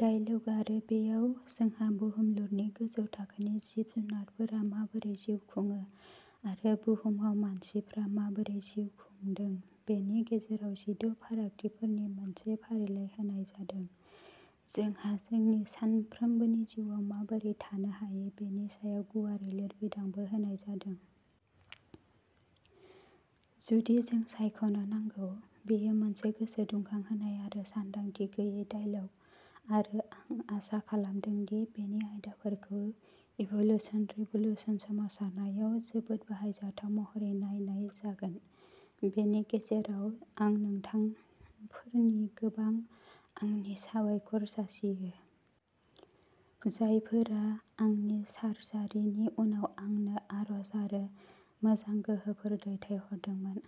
Dialogue आरो बेयाव जोंहा बुहुमलुरनि गोजौ थाखोनि जिब-जुनारफोरा माबोरै जिउ खुङो आरो बुहुमाव मानसिफ्रा माबोरै जिउ खुंदों बेनि गेजेराव जिद’ फारागथिफोरनि मोनसे फारिलाइ होनाय जादों। जोंहा जोंनि सानफ्रोमबोनि जिउआव माबोरै थानो हायो बेनि सायाव गुवारै लिरबिदांबो होनाय जादों। जुदि जों सायख'नो नांगौ। बेयो मोनसे गोसो दुंखांहोनाय आरो सानदांथि गैयै डायलग आरो आं आसा खालामदों दि बेनि आयदाफोरखौ इभोलुसन रिभ'लुसन सोमावसारनायाव जोबोद बाहायजाथाव महरै नायनाय जागोन। बेनि गेजेराव आं नोंथांफोरनि गोबांखौ आंनि साबायखर जासियो। जायफोरा आंनि सारजारिनि उनाव आंनो आरज आरो मोजां गोहोफोर दैथायहरदोंमोन।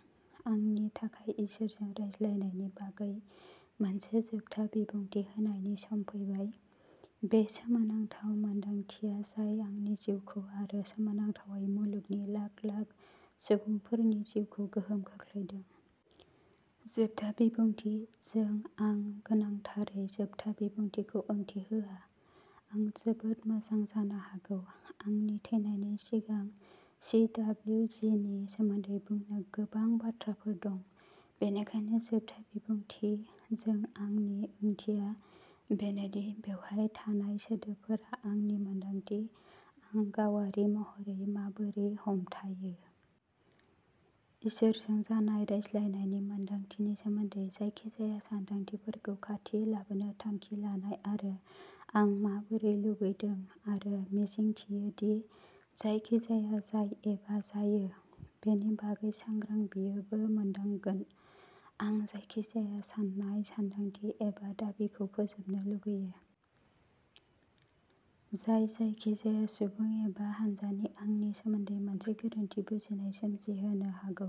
आंनि थाखाय इसोरजों रायज्लायनायनि बागै मोनसे जोबथा बिबुंथि होनायनि सम फैबाय। बे सोमोनांथाव मोनदांथिया जाय आंनि जिउखौ आरो सोमोनांथावै मुलुगनि लाख लाख सुबुंफोरनि जिउखौ गोहोम खोख्लैदों। जोबथा बिबुंथि जों आं गोनांथारै जोबथा बिबुंथिखौ ओंथि होआ। आं जोबोद मोजां जानो हागौ। आंनि थैनायनि सिगां चि.दाब्लिउ. जि. नि सोमोन्दै बुंनो गोबां बाथ्राफोर दं। बेनिखायनो जोबथा बिबुंथि जों आंनि ओंथिया बेनोदि बेवहाय थानाय सोदोबफोरा आंनि मोन्दांथि आं गावारि महरै माबोरै हमथायो। इसोरजों जानाय रायज्लायनायनि मोन्दांथिनि सोमोन्दै जायखिजाया सान्दांथिफोरखौ खाथि लाबोनो थांखि लानाय आरो आं माबोरै लुबैदों आरो मिजिंथियो दि जायखिजाया जाय एबा जायो। बेनि बागै सांग्रां बियोबो मोनदांगोन। आं जायखिजाया साननाय, सानदांथि, एबा दाबिखौ फोजोबनो लुगैयो। जाय जायखिजाया सुबुं एबा हान्जानि आंनि सोमोन्दै मोनसे गोरोन्थि बुजिनाय सोमजिहोनो हागौ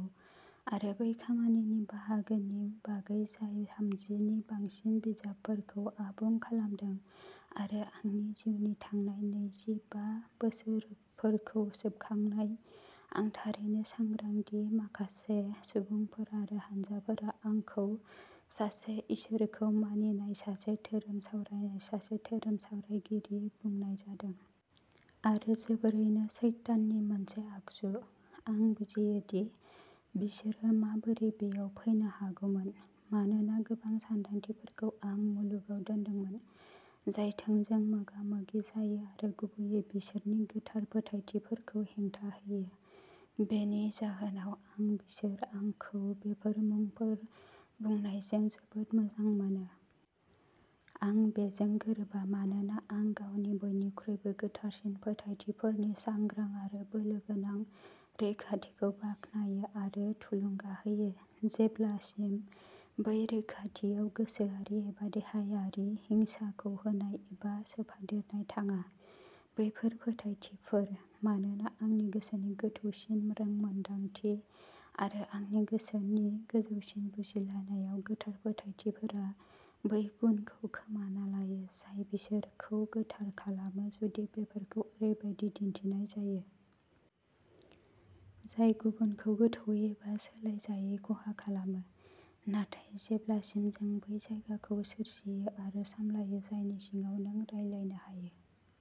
आरो बै खामानिनि बाहागोनि बागै जाय थामजि नि बांसिन बिजाबफोरखौ आबुं खालामदों आरो आंनि जिउनि थांनाय नैजि बा बोसोरफोरखौ सोबखांबाय। आं थारैनो सांग्रां दि माखासे सुबुंफोर आरो हानजाफोरा आंखौ सासे इसोरखौ मानिनाय सासे धोरोम सावराय सासे धोरोम सावरायगिरि बुंनाय जादों। आरो जोबोरैनो सैताननि मोनसे आगजु। आं बुजियो दि बिसोरो माबोरै बेयाव फैनो हागौमोन। मानोना गोबां सानदांथिफोरखौ आं मुलुगाव दोनदोंमोन। जाय थोंजों मोगा-मोगि जायो आरो गुबैयै बिसोरनि गोथार फोथायथिफोरखौ हेंथा होयो। बेनि जाहोनाव आं बिसोर आंखौ बेफोर मुंफोर बुंनायजों जोबोद मोजां मोनो। आं बेजों गोरोबा मानोना आं गावनि बयनिख्रुइबो गोथारसिन फोथायथिफोरनि सांग्रां आरो बोलोगोनां रैखाथिखौ बाखनायो आरो थुलुंगा होयो। जेब्लासिम बै रैखाथियाव गोसोआरि एबा देहायारि हिंसाखौ होनाय एबा सोफादेरनाय थाङा। बैफोर फोथायथिफोर। मानोना आंनि गोसोनि गोथौसिन रोंमोनदांथि आरो आंनि गोसोनि गोजौसिन बुजिलायनायाव गोथार फोथायथिफोरा बै गुनखौ खोमाना लायो जाय बिसोरखौ गोथार खालामो जुदि बेफोरखौ ओरैबायदि दिन्थिनाय जायो। जाय गुबुनखौ गोथौवै एबा सोलायजायै खहा खालामो। नाथाय जेब्लासिम जों बै जायगाखौ सोरजियो आरो सामलायो जायनि सिङाव नों रानलायनो हायो।